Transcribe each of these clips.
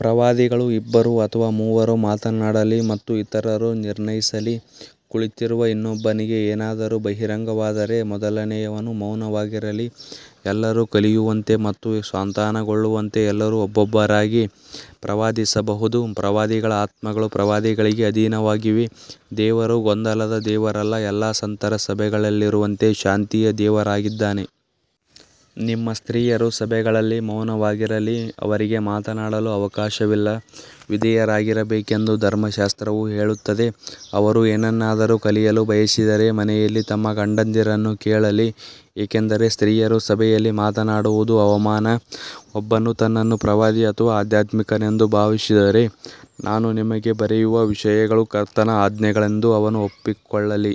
ಪ್ರವಾದಿಗಳು ಇಬ್ಬರು ಅಥವಾ ಮೂವರು ಮಾತನಾಡಲಿ ಮತ್ತು ಇತರರು ನಿರ್ಣಯಿಸಲಿ. ಕುಳಿತಿರುವ ಇನ್ನೊಬ್ಬನಿಗೆ ಏನಾದರೂ ಬಹಿರಂಗವಾದರೆ ಮೊದಲನೆಯವನು ಮೌನವಾಗಿರಲಿ. ಎಲ್ಲರೂ ಕಲಿಯುವಂತೆ ಮತ್ತು ಸಾಂತ್ವನಗೊಳ್ಳುವಂತೆ ಎಲ್ಲರೂ ಒಬ್ಬೊಬ್ಬರಾಗಿ ಪ್ರವಾದಿಸಬಹುದು. ಪ್ರವಾದಿಗಳ ಆತ್ಮಗಳು ಪ್ರವಾದಿಗಳಿಗೆ ಅಧೀನವಾಗಿವೆ. ದೇವರು ಗೊಂದಲದ ದೇವರಲ್ಲ, ಎಲ್ಲಾ ಸಂತರ ಸಭೆಗಳಲ್ಲಿರುವಂತೆ ಶಾಂತಿಯ ದೇವರಾಗಿದ್ದಾನೆ. ನಿಮ್ಮ ಸ್ತ್ರೀಯರು ಸಭೆಗಳಲ್ಲಿ ಮೌನವಾಗಿರಲಿ, ಅವರಿಗೆ ಮಾತನಾಡಲು ಅವಕಾಶವಿಲ್ಲ, ವಿಧೇಯರಾಗಿರಬೇಕೆಂದು ಧರ್ಮಶಾಸ್ತ್ರವೂ ಹೇಳುತ್ತದೆ. ಅವರು ಏನನ್ನಾದರೂ ಕಲಿಯಲು ಬಯಸಿದರೆ ಮನೆಯಲ್ಲಿ ತಮ್ಮ ಗಂಡಂದಿರನ್ನು ಕೇಳಲಿ, ಏಕೆಂದರೆ ಸ್ತ್ರೀಯರು ಸಭೆಯಲ್ಲಿ ಮಾತನಾಡುವುದು ಅವಮಾನ. ಒಬ್ಬನು ತನ್ನನ್ನು ಪ್ರವಾದಿ ಅಥವಾ ಆಧ್ಯಾತ್ಮಿಕನೆಂದು ಭಾವಿಸಿದರೆ, ನಾನು ನಿಮಗೆ ಬರೆಯುವ ವಿಷಯಗಳು ಕರ್ತನ ಆಜ್ಞೆಗಳೆಂದು ಅವನು ಒಪ್ಪಿಕೊಳ್ಳಲಿ.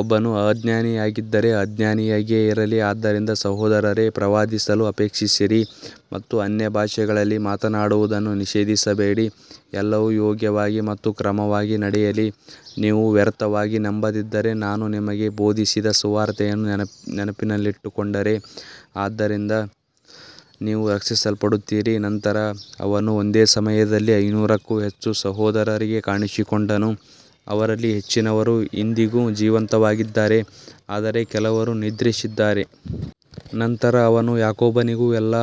ಒಬ್ಬನು ಅಜ್ಞಾನಿಯಾಗಿದ್ದರೆ ಅಜ್ಞಾನಿಯಾಗಿಯೇ ಇರಲಿ. ಆದ್ದರಿಂದ ಸಹೋದರರೇ, ಪ್ರವಾದಿಸಲು ಅಪೇಕ್ಷಿಸಿರಿ ಮತ್ತು ಅನ್ಯಭಾಷೆಗಳಲ್ಲಿ ಮಾತನಾಡುವುದನ್ನು ನಿಷೇಧಿಸಬೇಡಿ. ಎಲ್ಲವೂ ಯೋಗ್ಯವಾಗಿ ಮತ್ತು ಕ್ರಮವಾಗಿ ನಡೆಯಲಿ. ನೀವು ವ್ಯರ್ಥವಾಗಿ ನಂಬದಿದ್ದರೆ, ನಾನು ನಿಮಗೆ ಬೋಧಿಸಿದ ಸುವಾರ್ತೆಯನ್ನು ನೆನಪಿನಲ್ಲಿಟ್ಟುಕೊಂಡರೆ ಅದರಿಂದ ನೀವು ರಕ್ಷಿಸಲ್ಪಡುತ್ತೀರಿ. ನಂತರ ಅವನು ಒಂದೇ ಸಮಯದಲ್ಲಿ ಐನೂರಕ್ಕೂ ಹೆಚ್ಚು ಸಹೋದರರಿಗೆ ಕಾಣಿಸಿಕೊಂಡನು, ಅವರಲ್ಲಿ ಹೆಚ್ಚಿನವರು ಇಂದಿಗೂ ಜೀವಂತವಾಗಿದ್ದಾರೆ, ಆದರೆ ಕೆಲವರು ನಿದ್ರಿಸಿದ್ದಾರೆ. ನಂತರ ಅವನು ಯಾಕೋಬನಿಗೂ ಎಲ್ಲಾ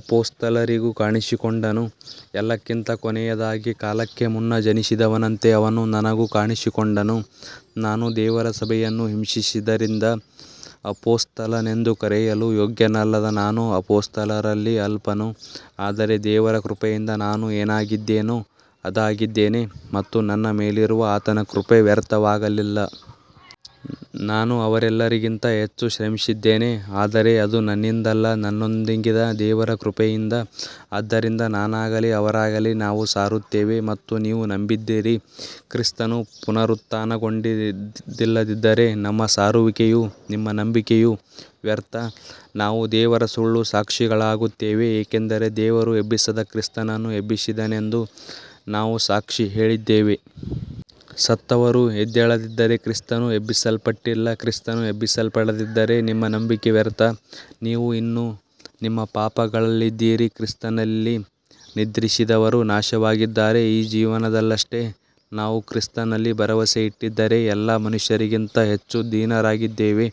ಅಪೊಸ್ತಲರಿಗೂ ಕಾಣಿಸಿಕೊಂಡನು. ಎಲ್ಲಕ್ಕಿಂತ ಕೊನೆಯದಾಗಿ, ಕಾಲಕ್ಕೆ ಮುನ್ನ ಜನಿಸಿದವನಂತೆ ಅವನು ನನಗೂ ಕಾಣಿಸಿಕೊಂಡನು. ನಾನು ದೇವರ ಸಭೆಯನ್ನು ಹಿಂಸಿಸಿದ್ದರಿಂದ ಅಪೊಸ್ತಲನೆಂದು ಕರೆಯಲು ಯೋಗ್ಯನಲ್ಲದ ನಾನು ಅಪೊಸ್ತಲರಲ್ಲಿ ಅಲ್ಪನು. ಆದರೆ ದೇವರ ಕೃಪೆಯಿಂದ ನಾನು ಏನಾಗಿದ್ದೇನೋ ಅದಾಗಿದ್ದೇನೆ, ಮತ್ತು ನನ್ನ ಮೇಲಿರುವ ಆತನ ಕೃಪೆ ವ್ಯರ್ಥವಾಗಲಿಲ್ಲ. ನಾನು ಅವರೆಲ್ಲರಿಗಿಂತ ಹೆಚ್ಚು ಶ್ರಮಿಸಿದ್ದೇನೆ, ಆದರೆ ಅದು ನನ್ನಿಂದಲ್ಲ, ನನ್ನೊಂದಿಗಿದ್ದ ದೇವರ ಕೃಪೆಯಿಂದ. ಆದ್ದರಿಂದ ನಾನಾಗಲಿ ಅವರಾಗಲಿ ನಾವು ಸಾರುತ್ತೇವೆ ಮತ್ತು ನೀವು ನಂಬಿದ್ದೀರಿ. ಕ್ರಿಸ್ತನು ಪುನರುತ್ಥಾನಗೊಂಡಿಲ್ಲದಿದ್ದರೆ ನಮ್ಮ ಸಾರುವಿಕೆಯೂ ನಿಮ್ಮ ನಂಬಿಕೆಯೂ ವ್ಯರ್ಥ. ನಾವು ದೇವರ ಸುಳ್ಳು ಸಾಕ್ಷಿಗಳಾಗುತ್ತೇವೆ, ಏಕೆಂದರೆ ದೇವರು ಎಬ್ಬಿಸದ ಕ್ರಿಸ್ತನನ್ನು ಎಬ್ಬಿಸಿದನೆಂದು ನಾವು ಸಾಕ್ಷಿ ಹೇಳಿದ್ದೇವೆ. ಸತ್ತವರು ಎದ್ದೇಳದಿದ್ದರೆ ಕ್ರಿಸ್ತನೂ ಎಬ್ಬಿಸಲ್ಪಟ್ಟಿಲ್ಲ. ಕ್ರಿಸ್ತನು ಎಬ್ಬಿಸಲ್ಪಡದಿದ್ದರೆ ನಿಮ್ಮ ನಂಬಿಕೆ ವ್ಯರ್ಥ, ನೀವು ಇನ್ನೂ ನಿಮ್ಮ ಪಾಪಗಳಲ್ಲಿದ್ದೀರಿ. ಕ್ರಿಸ್ತನಲ್ಲಿ ನಿದ್ರಿಸಿದವರೂ ನಾಶವಾಗಿದ್ದಾರೆ. ಈ ಜೀವನದಲ್ಲಷ್ಟೇ ನಾವು ಕ್ರಿಸ್ತನಲ್ಲಿ ಭರವಸೆಯಿಟ್ಟಿದ್ದರೆ ಎಲ್ಲ ಮನುಷ್ಯರಿಗಿಂತ ಹೆಚ್ಚು ದೀನರಾಗಿದ್ದೇವೆ.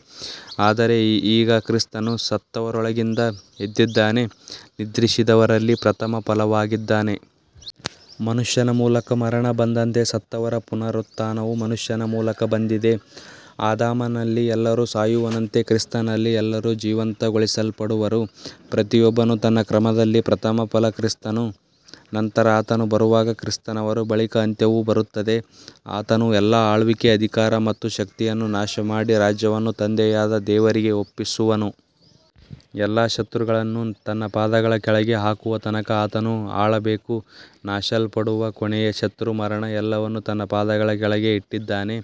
ಆದರೆ ಈಗ ಕ್ರಿಸ್ತನು ಸತ್ತವರೊಳಗಿಂದ ಎದ್ದಿದ್ದಾನೆ, ನಿದ್ರಿಸಿದವರಲ್ಲಿ ಪ್ರಥಮ ಫಲವಾಗಿದ್ದಾನೆ. ಮನುಷ್ಯನ ಮೂಲಕ ಮರಣ ಬಂದಂತೆ, ಸತ್ತವರ ಪುನರುತ್ಥಾನವೂ ಮನುಷ್ಯನ ಮೂಲಕ ಬಂದಿದೆ. ಆದಾಮನಲ್ಲಿ ಎಲ್ಲರೂ ಸಾಯುವಂತೆ ಕ್ರಿಸ್ತನಲ್ಲಿ ಎಲ್ಲರೂ ಜೀವಂತಗೊಳಿಸಲ್ಪಡುವರು. ಪ್ರತಿಯೊಬ್ಬನೂ ತನ್ನ ಕ್ರಮದಲ್ಲಿ, ಪ್ರಥಮ ಫಲ ಕ್ರಿಸ್ತನು, ನಂತರ ಆತನು ಬರುವಾಗ ಕ್ರಿಸ್ತನವರು. ಬಳಿಕ ಅಂತ್ಯವು ಬರುತ್ತದೆ, ಆತನು ಎಲ್ಲಾ ಆಳ್ವಿಕೆ, ಅಧಿಕಾರ ಮತ್ತು ಶಕ್ತಿಯನ್ನು ನಾಶಮಾಡಿ ರಾಜ್ಯವನ್ನು ತಂದೆಯಾದ ದೇವರಿಗೆ ಒಪ್ಪಿಸುವನು. ಎಲ್ಲಾ ಶತ್ರುಗಳನ್ನು ತನ್ನ ಪಾದಗಳ ಕೆಳಗೆ ಹಾಕುವ ತನಕ ಆತನು ಆಳಬೇಕು. ನಾಶಮಾಡಲ್ಪಡುವ ಕೊನೆಯ ಶತ್ರು ಮರಣ. ಎಲ್ಲವನ್ನೂ ತನ್ನ ಪಾದಗಳ ಕೆಳಗೆ ಇಟ್ಟಿದ್ದಾನೆ.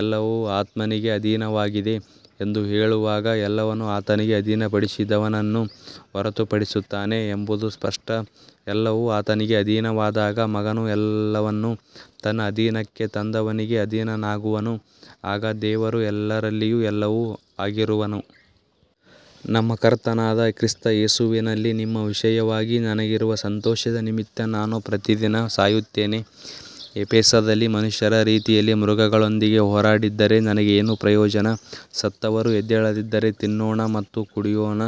ಎಲ್ಲವೂ ಆತನಿಗೆ ಅಧೀನವಾಗಿದೆ ಎಂದು ಹೇಳುವಾಗ, ಎಲ್ಲವನ್ನೂ ಆತನಿಗೆ ಅಧೀನಪಡಿಸಿದವನನ್ನು ಹೊರತುಪಡಿಸುತ್ತಾನೆ ಎಂಬುದು ಸ್ಪಷ್ಟ. ಎಲ್ಲವೂ ಆತನಿಗೆ ಅಧೀನವಾದಾಗ, ಮಗನೂ ಎಲ್ಲವನ್ನೂ ತನ್ನ ಅಧೀನಕ್ಕೆ ತಂದವನಿಗೆ ಅಧೀನನಾಗುವನು, ಆಗ ದೇವರು ಎಲ್ಲರಲ್ಲಿಯೂ ಎಲ್ಲವೂ ಆಗಿರುವನು. ನಮ್ಮ ಕರ್ತನಾದ ಕ್ರಿಸ್ತ ಯೇಸುವಿನಲ್ಲಿ ನಿಮ್ಮ ವಿಷಯವಾಗಿ ನನಗಿರುವ ಸಂತೋಷದ ನಿಮಿತ್ತ ನಾನು ಪ್ರತಿದಿನ ಸಾಯುತ್ತೇನೆ. ಎಫೆಸದಲ್ಲಿ ಮನುಷ್ಯರ ರೀತಿಯಲ್ಲಿ ಮೃಗಗಳೊಂದಿಗೆ ಹೋರಾಡಿದ್ದರೆ ನನಗೆ ಏನು ಪ್ರಯೋಜನ, ಸತ್ತವರು ಎದ್ದೇಳದಿದ್ದರೆ, ತಿನ್ನೋಣ ಮತ್ತು ಕುಡಿಯೋಣ,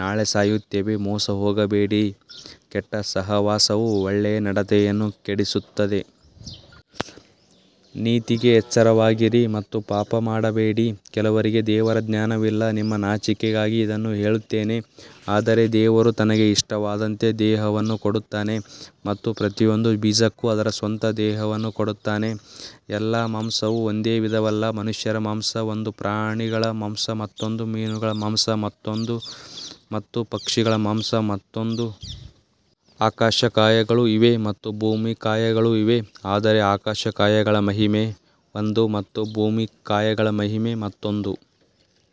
ನಾಳೆ ಸಾಯುತ್ತೇವೆ. ಮೋಸಹೋಗಬೇಡಿ, ಕೆಟ್ಟ ಸಹವಾಸವು ಒಳ್ಳೆಯ ನಡತೆಯನ್ನು ಕೆಡಿಸುತ್ತದೆ. ನೀತಿಗೆ ಎಚ್ಚರವಾಗಿರಿ ಮತ್ತು ಪಾಪ ಮಾಡಬೇಡಿ, ಕೆಲವರಿಗೆ ದೇವರ ಜ್ಞಾನವಿಲ್ಲ. ನಿಮ್ಮ ನಾಚಿಕೆಗಾಗಿ ಇದನ್ನು ಹೇಳುತ್ತೇನೆ. ಆದರೆ ದೇವರು ತನಗೆ ಇಷ್ಟವಾದಂತೆ ದೇಹವನ್ನು ಕೊಡುತ್ತಾನೆ ಮತ್ತು ಪ್ರತಿಯೊಂದು ಬೀಜಕ್ಕೂ ಅದರ ಸ್ವಂತ ದೇಹವನ್ನು ಕೊಡುತ್ತಾನೆ. ಎಲ್ಲ ಮಾಂಸವೂ ಒಂದೇ ವಿಧವಲ್ಲ, ಮನುಷ್ಯರ ಮಾಂಸ ಒಂದು, ಪ್ರಾಣಿಗಳ ಮಾಂಸ ಮತ್ತೊಂದು, ಮೀನುಗಳ ಮಾಂಸ ಮತ್ತೊಂದು ಮತ್ತು ಪಕ್ಷಿಗಳ ಮಾಂಸ ಮತ್ತೊಂದು. ಆಕಾಶಕಾಯಗಳೂ ಇವೆ ಮತ್ತು ಭೂಮಿಯ ಕಾಯಗಳೂ ಇವೆ, ಆದರೆ ಆಕಾಶಕಾಯಗಳ ಮಹಿಮೆ ಒಂದು ಮತ್ತು ಭೂಮಿಯ ಕಾಯಗಳ ಮಹಿಮೆ ಮತ್ತೊಂದು.